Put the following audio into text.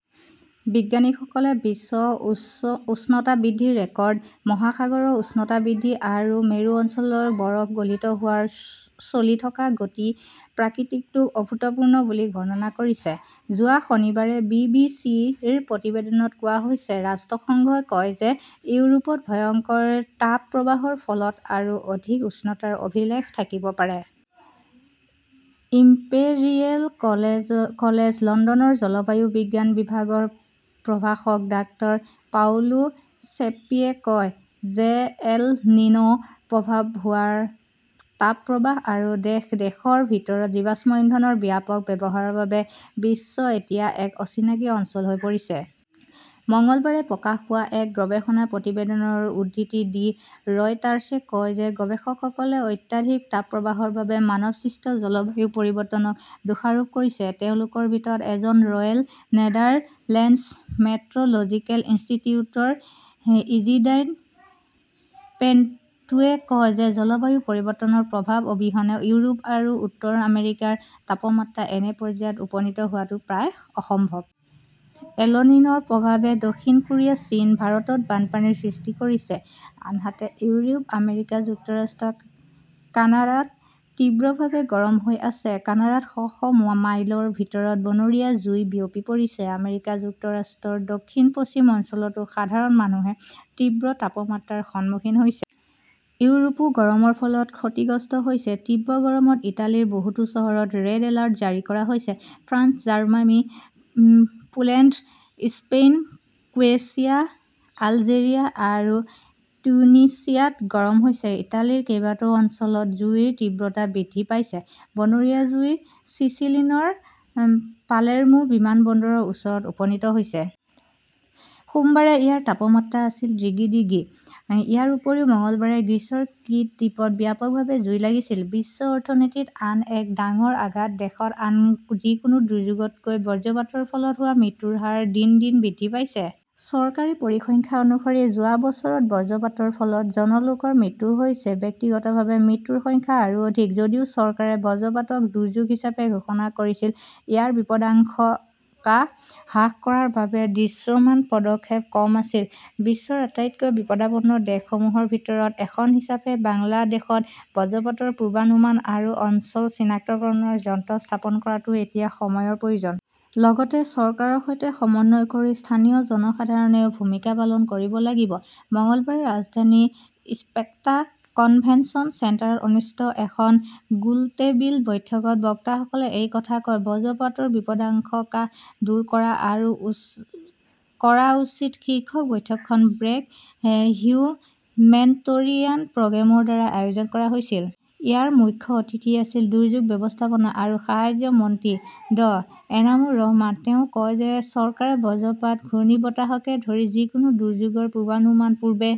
বিজ্ঞানীসকলে বিশ্ব উষ্ণতা বৃদ্ধিৰ ৰেকৰ্ড, মহাসাগৰৰ উষ্ণতা বৃদ্ধি আৰু মেৰু অঞ্চলৰ বৰফ গলিত হোৱাৰ চলি থকা গতি-প্ৰকৃতিটোক "অভূতপূৰ্ব" বুলি বৰ্ণনা কৰিছে, যোৱা শনিবাৰে বি. বি. চি. -ৰ প্ৰতিবেদনত কোৱা হৈছে। ৰাষ্ট্ৰসংঘই কয় যে ইউৰোপত ভয়ংকৰ তাপপ্ৰবাহৰ ফলত আৰু অধিক উষ্ণতাৰ অভিলেখ থাকিব পাৰে। ইম্পেৰিয়েল কলেজ লণ্ডনৰ জলবায়ু বিজ্ঞান বিভাগৰ প্ৰভাষক ডাঃ পাওলো ছেপ্পিয়ে কয় যে এল নিন "ৰ প্ৰভাৱত হোৱা তাপপ্ৰবাহ আৰু দেশ-দেশৰ ভিতৰত জীৱাশ্ম ইন্ধনৰ ব্যাপক ব্যৱহাৰৰ বাবে 'বিশ্ব এতিয়া এক অচিনাকি অঞ্চল হৈ পৰিছে"। মঙলবাৰে প্ৰকাশ পোৱা এক গৱেষণা প্ৰতিবেদনৰ উদ্ধৃতি দি ৰয়টাৰ্ছে কয় যে গৱেষকসকলে অত্যাধিক তাপপ্ৰবাহৰ বাবে মানৱসৃষ্ট জলবায়ু পৰিৱৰ্তনক দোষাৰোপ কৰিছে। তেওঁলোকৰ ভিতৰত এজন ৰয়েল নেদাৰলেণ্ডছ মেট্ৰ "লজিকেল ইনষ্টিটিউটৰ ইজিদাইন পিন্টোৱে কয় যে জলবায়ু পৰিৱৰ্তনৰ প্ৰভাৱ অবিহনে ইউৰোপ আৰু উত্তৰ আমেৰিকাৰ তাপমাত্ৰা এনে পৰ্যায়ত উপনীত হোৱাটো প্ৰায় অসম্ভৱ। এল নিন "ৰ প্ৰভাৱে দক্ষিণ কোৰিয়া, চীন, ভাৰতত বানপানীৰ সৃষ্টি কৰিছে। আনহাতে, ইউৰোপ, আমেৰিকা যুক্তৰাষ্ট্ৰ, কানাডাত তীব্ৰভাৱে গৰম হৈ আছে। কানাডাত শ শ মাইলৰ ভিতৰত বনৰীয়া জুই বিয়পি পৰিছে। আমেৰিকা যুক্তৰাষ্ট্ৰৰ দক্ষিণ-পশ্চিম অঞ্চলতো সাধাৰণ মানুহে তীব্ৰ তাপমাত্ৰাৰ সন্মুখীন হৈছে। ইউৰোপও গৰমৰ ফলত ক্ষতিগ্ৰস্ত হৈছে। তীব্ৰ গৰমত ইটালীৰ বহুতো চহৰত ৰেড এলাৰ্ট জাৰি কৰা হৈছে। France, Germany, Poland, Spain, Croatia, Algeria আৰু টিউনিছিয়াত গৰম হৈছে। ইটালীৰ কেইবাটাও অঞ্চলত জুইৰ তীব্ৰতা বৃদ্ধি পাইছে। বনৰীয়া জুই চিচিলিৰ পালেৰ্মো বিমানবন্দৰৰ ওচৰত উপনীত হৈছে। সোমবাৰে ইয়াৰ তাপমাত্ৰা আছিল ডিগ্ৰী ডিগ্ৰী। ইয়াৰ উপৰিও মঙলবাৰে গ্ৰীচৰ ক্ৰিট দ্বীপত ব্যাপকভাৱে জুই লাগিছিল। বিশ্ব অৰ্থনীতিত আন এক ডাঙৰ আঘাত দেশত আন যিকোনো দুৰ্যোগতকৈ বজ্ৰপাতৰ ফলত হোৱা মৃত্যুৰ হাৰ দিন দিন বৃদ্ধি পাইছে। চৰকাৰী পৰিসংখ্যা অনুসৰি যোৱা বছৰত বজ্ৰপাতৰ ফলত জন লোকৰ মৃত্যু হৈছে। ব্যক্তিগতভাৱে মৃত্যুৰ সংখ্যা আৰু অধিক। যদিও চৰকাৰে বজ্ৰপাতক দুৰ্যোগ হিচাপে ঘোষণা কৰিছিল, ইয়াৰ বিপদাশংকা হ্ৰাস কৰাৰ বাবে দৃশ্যমান পদক্ষেপ কম আছিল। বিশ্বৰ আটাইতকৈ বিপদাপন্ন দেশসমূহৰ ভিতৰত এখন হিচাপে বাংলাদেশত বজ্ৰপাতৰ পূৰ্বানুমান আৰু অঞ্চল চিনাক্তকৰণ যন্ত্ৰ স্থাপন কৰাটো এতিয়া সময়ৰ প্ৰয়োজন। লগতে চৰকাৰৰ সৈতে সমন্বয় কৰি স্থানীয় জনসাধাৰণেও ভূমিকা পালন কৰিব লাগিব। মঙলবাৰে ৰাজধানীৰ স্পেক্ট্ৰা কনভেনচন চেণ্টাৰত অনুষ্ঠিত এখন গোলটেবিল বৈঠকত বক্তাসকলে এই কথা কয়। 'বজ্ৰপাতৰ বিপদাশংকা দূৰ কৰা আৰু কৰা উচিত "শীৰ্ষক বৈঠকখন ব্ৰেক হিউমেনিটৰিয়ান প্ৰগ্ৰেমৰ দ্বাৰা আয়োজন কৰা হৈছিল। ইয়াৰ মুখ্য অতিথি আছিল দুৰ্যোগ ব্যৱস্থাপনা আৰু সাহায্য মন্ত্ৰী ড। এনামুৰ ৰহমান। তেওঁ কয় যে চৰকাৰে বজ্ৰপাত, ঘূৰ্ণীবতাহকে ধৰি যিকোনো দুৰ্যোগৰ পূৰ্বানুমান পূৰ্বে